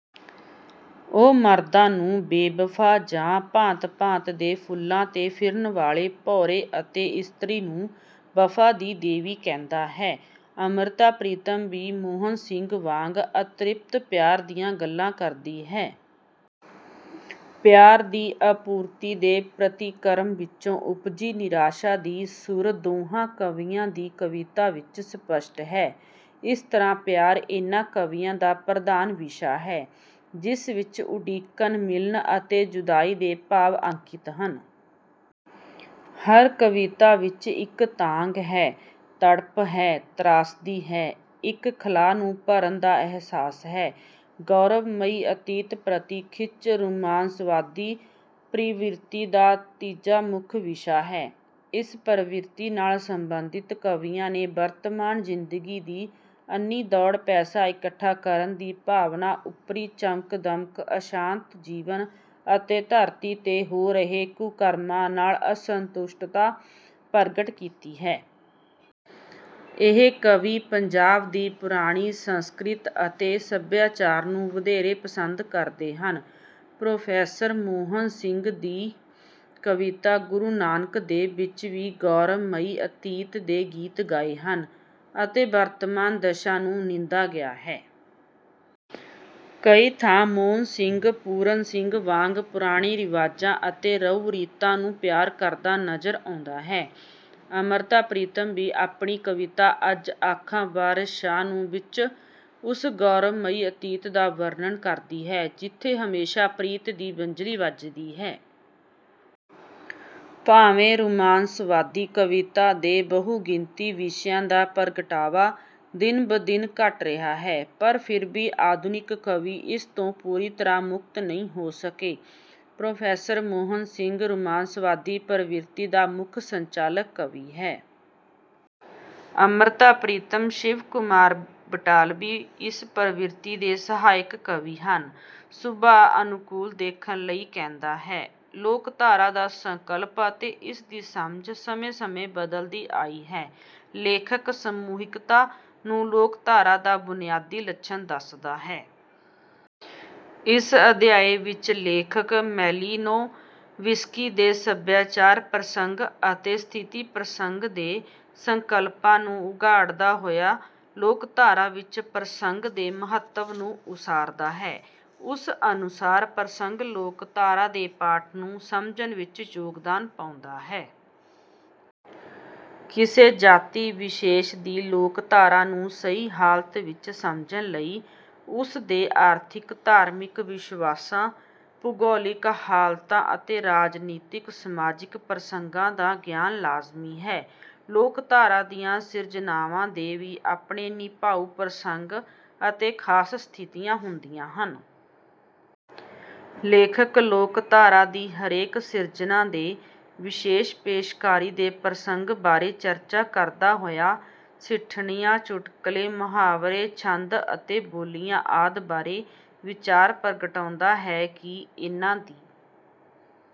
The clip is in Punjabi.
ਉਹ ਮਰਦਾਂ ਨੂੰ ਬੇਵਫਾ ਜਾਂ ਭਾਂਤ ਭਾਂਤ ਦੇ ਫੁੱਲਾਂ ਤੇ ਫਿਰਨ ਵਾਲੇ ਭੌਰੇ ਅਤੇ ਇਸਤਰੀ ਨੂੰ ਵਫਾ ਦੀ ਦੇਵੀ ਕਹਿੰਦਾ ਹੈ। ਅਮ੍ਰਿਤਾ ਪ੍ਰੀਤਮ ਵੀ ਮੋਹਨ ਸਿੰਘ ਵਾਂਗ ਅਤ੍ਰਿਪਤ ਪਿਆਰ ਦੀਆਂ ਗੱਲਾਂ ਕਰਦੀ ਹੈ। ਪਿਆਰ ਦੀ ਅਪੂਰਤੀ ਦੇ ਪ੍ਰਤੀਕਰਮ ਵਿੱਚੋਂ ਉਪਜੀ ਨਿਰਾਸ਼ਾ ਦੀ ਸੁਰ ਦੋਹਾਂ ਕਵੀਆਂ ਦੀ ਕਵਿਤਾ ਵਿੱਚ ਸਪੱਸ਼ਟ ਹੈ। ਇਸ ਤਰ੍ਹਾਂ ਪਿਆਰ ਇਹਨਾਂ ਕਵੀਆਂ ਦਾ ਪ੍ਰਧਾਨ ਵਿਸ਼ਾ ਹੈ ਜਿਸ ਵਿੱਚ ਉਡੀਕਣ ਮਿਲਣ ਅਤੇ ਜੁਦਾਈ ਦੇ ਭਾਵ ਅੰਕਿਤ ਹਨ। ਹਰ ਕਵਿਤਾ ਵਿੱਚ ਇੱਕ ਤਾਂਘ ਹੈ ਤੜਪ ਹੈ ਤ੍ਰਾਸਦੀ ਹੈ। ਇੱਕ ਖਲਾਅ ਨੂੰ ਭਰਨ ਦਾ ਅਹਿਸਾਸ ਹੈ। ਗੌਰਵਮਈ ਅਤੀਤ ਪ੍ਰਤੀ ਖਿੱਚ ਰੁਮਾਂਸਵਾਦੀ ਪ੍ਰਵਿਰਤੀ ਦਾ ਤੀਜਾ ਮੁੱਖ ਵਿਸ਼ਾ ਹੈ। ਇਸ ਪ੍ਰਵਿਰਤੀ ਨਾਲ ਸਬੰਧਿਤ ਕਵੀਆਂ ਨੇ ਵਰਤਮਾਨ ਜਿੰਦਗੀ ਦੀ ਅੰਨ੍ਹੀ ਦੌੜ ਪੈਸਾ ਇਕੱਠਾ ਕਰਨ ਦੀ ਭਾਵਨਾ ਉੱਪਰੀ ਚਮਕ ਦਮਕ ਅਸ਼ਾਂਤ ਜੀਵਨ ਅਤੇ ਧਰਤੀ ਤੇ ਹੋ ਰਹੇ ਕੁਕਰਮਾਂ ਨਾਲ ਅਸੰਤੁਸ਼ਟਤਾ ਪ੍ਰਗਟ ਕੀਤੀ ਹੈ। ਇਹ ਕਵੀ ਪੰਜਾਬ ਦੀ ਪੁਰਾਣੀ ਸੰਸਕ੍ਰਿਤ ਅਤੇ ਸੱਭਿਆਚਾਰ ਨੂੰ ਵਧੇਰੇ ਪਸੰਦ ਕਰਦੇ ਹਨ। ਪ੍ਰੋ ਮੋਹਨ ਸਿੰਘ ਦੀ ਕਵਿਤਾ ਗੁਰੂ ਨਾਨਕ ਦੇਵ ਵਿੱਚ ਵੀ ਗੌਰਵਮਈ ਅਤੀਤ ਦੇ ਗੀਤ ਗਾਏ ਹਨ ਅਤੇ ਵਰਤਮਾਨ ਦਸ਼ਾ ਨੂੰ ਨਿੰਦਾ ਗਿਆ ਹੈ। ਕਈ ਥਾਂ ਮੋਹਨ ਸਿੰਘ ਪੂਰਨ ਸਿੰਘ ਵਾਂਗ ਪੁਰਾਣੇ ਰਿਵਾਜਾਂ ਅਤੇ ਰਹੁ ਰੀਤਾਂ ਨੂੰ ਪਿਆਰ ਕਰਦਾ ਨਜ਼ਰ ਆਉਂਦਾ ਹੈ। ਅਮ੍ਰਿਤਾ ਪ੍ਰੀਤਮ ਵੀ ਆਪਣੀ ਕਵਿਤਾ ਅੱਜ ਆਖਾਂ ਵਾਰਿਸ ਸ਼ਾਹ ਨੂੰ ਵਿੱਚ ਉਸ ਗੌਰਵਮਈ ਅਤੀਤ ਦਾ ਵਰਣਨ ਕਰਦੀ ਹੈ ਜਿੱਥੇ ਹਮੇਸ਼ਾ ਪ੍ਰੀਤ ਦੀ ਵੰਝਲੀ ਵੱਜਦੀ ਹੈ। ਭਾਵੇਂ ਰੁਮਾਂਸਵਾਦੀ ਕਵਿਤਾ ਦੇ ਬਹੁ ਗਿਣਤੀ ਵਿਸ਼ਿਆਂ ਦਾ ਪ੍ਰਗਟਾਵਾ ਦਿਨ ਬ ਦਿਨ ਘੱਟ ਰਿਹਾ ਹੈ ਪਰ ਫਿਰ ਵੀ ਆਧੁਨਿਕ ਕਵੀ ਇਸ ਤੋਂ ਪੂਰੀ ਤਰ੍ਹਾਂ ਮੁਕਤ ਨਹੀਂ ਹੋ ਸਕੇ। ਪ੍ਰੋ ਮੋਹਨ ਸਿੰਘ ਰੁਮਾਂਸਵਾਦੀ ਪ੍ਰਵਿਰਤੀ ਦਾ ਮੁੱਖ ਸੰਚਾਲਕ ਕਵੀ ਹੈ। ਅਮ੍ਰਿਤਾ ਪ੍ਰੀਤਮ ਸ਼ਿਵ ਕੁਮਾਰ ਬਟਾਲਵੀ ਇਸ ਪ੍ਰਵਿਰਤੀ ਦੇ ਸਹਾਇਕ ਕਵੀ ਹਨ। ਸੁਭਾਅ ਅਨੁਕੂਲ ਦੇਖਣ ਲਈ ਕਹਿੰਦਾ ਹੈ। ਲੋਕਧਾਰਾ ਦਾ ਸੰਕਲਪ ਅਤੇ ਇਸਦੀ ਸਮਝ ਸਮੇਂ ਸਮੇਂ ਬਦਲਦੀ ਆਈ ਹੈ। ਲੇਖਕ ਸਮੂਹਿਕਤਾ ਨੂੰ ਲੋਕਧਾਰਾ ਦਾ ਬੁਨਿਆਦੀ ਲੱਛਣ ਦੱਸਦਾ ਹੈ। ਇਸ ਅਧਿਆਇ ਵਿੱਚ ਲੇਖਕ ਮੈਲੀਨੋਵਿਸਕੀ ਦੇ ਸਭਿਆਚਾਰਕ ਪ੍ਰਸੰਗ ਅਤੇ ਸਥਿਤੀ ਪ੍ਰਸੰਗ ਦੇ ਸੰਕਲਪਾਂ ਨੂੰ ਉਘਾੜਦਾ ਹੋਇਆ ਲੋਕਧਾਰਾ ਵਿੱਚ ਪ੍ਰਸੰਗ ਦੇ ਮਹੱਤਵ ਨੂੰ ਉਸਾਰਦਾ ਹੈ। ਉਸ ਅਨੁਸਾਰ ਪ੍ਰਸੰਗ ਲੋਕਧਾਰਾ ਦੇ ਪਾਠ ਨੂੰ ਸਮਝਣ ਵਿੱਚ ਯੋਗਦਾਨ ਪਾਉਂਦਾ ਹੈ। ਕਿਸੇ ਜਾਤੀ ਵਿਸ਼ੇਸ਼ ਦੀ ਲੋਕਧਾਰਾ ਨੂੰ ਸਹੀ ਹਾਲਤ ਵਿੱਚ ਸਮਝਣ ਲਈ ਉਸ ਦੇ ਆਰਥਿਕ ਧਾਰਮਿਕ ਵਿਸ਼ਵਾਸਾਂ ਭੂਗੋਲਿਕ ਹਾਲਤਾਂ ਅਤੇ ਰਾਜਨੀਤਕ ਸਮਾਜਕ ਪ੍ਰਸੰਗਾਂ ਦਾ ਗਿਆਨ ਲਾਜ਼ਮੀ ਹੈ। ਲੋਕਧਾਰਾ ਦੀਆਂ ਸਿਰਜਣਾਵਾਂ ਦੇ ਵੀ ਆਪਣੇ ਨਿਭਾਉ ਪ੍ਰਸੰਗ ਅਤੇ ਖਾਸ ਸਥਿਤੀਆਂ ਹੁੰਦੀਆਂ ਹਨ। ਲੇਖਕ ਲੋਕਧਾਰਾ ਦੀ ਹਰੇਕ ਸਿਰਜਣਾ ਦੇ ਵਿਸ਼ੇਸ਼ ਪੇਸ਼ਕਾਰੀ ਦੇ ਪ੍ਰਸੰਗ ਬਾਰੇ ਚਰਚਾ ਕਰਦਾ ਹੋਇਆ ਸਿੱਠਣੀਆਂ ਚੁਟਕੁਲੇ ਮੁਹਾਵਰੇ ਛੰਦ ਅਤੇ ਬੋਲੀਆਂ ਆਦਿ ਬਾਰੇ ਵਿਚਾਰ ਪ੍ਰਗਟਾਉਂਦਾ ਹੈ ਕਿ ਇਨ੍ਹਾਂ ਦੀ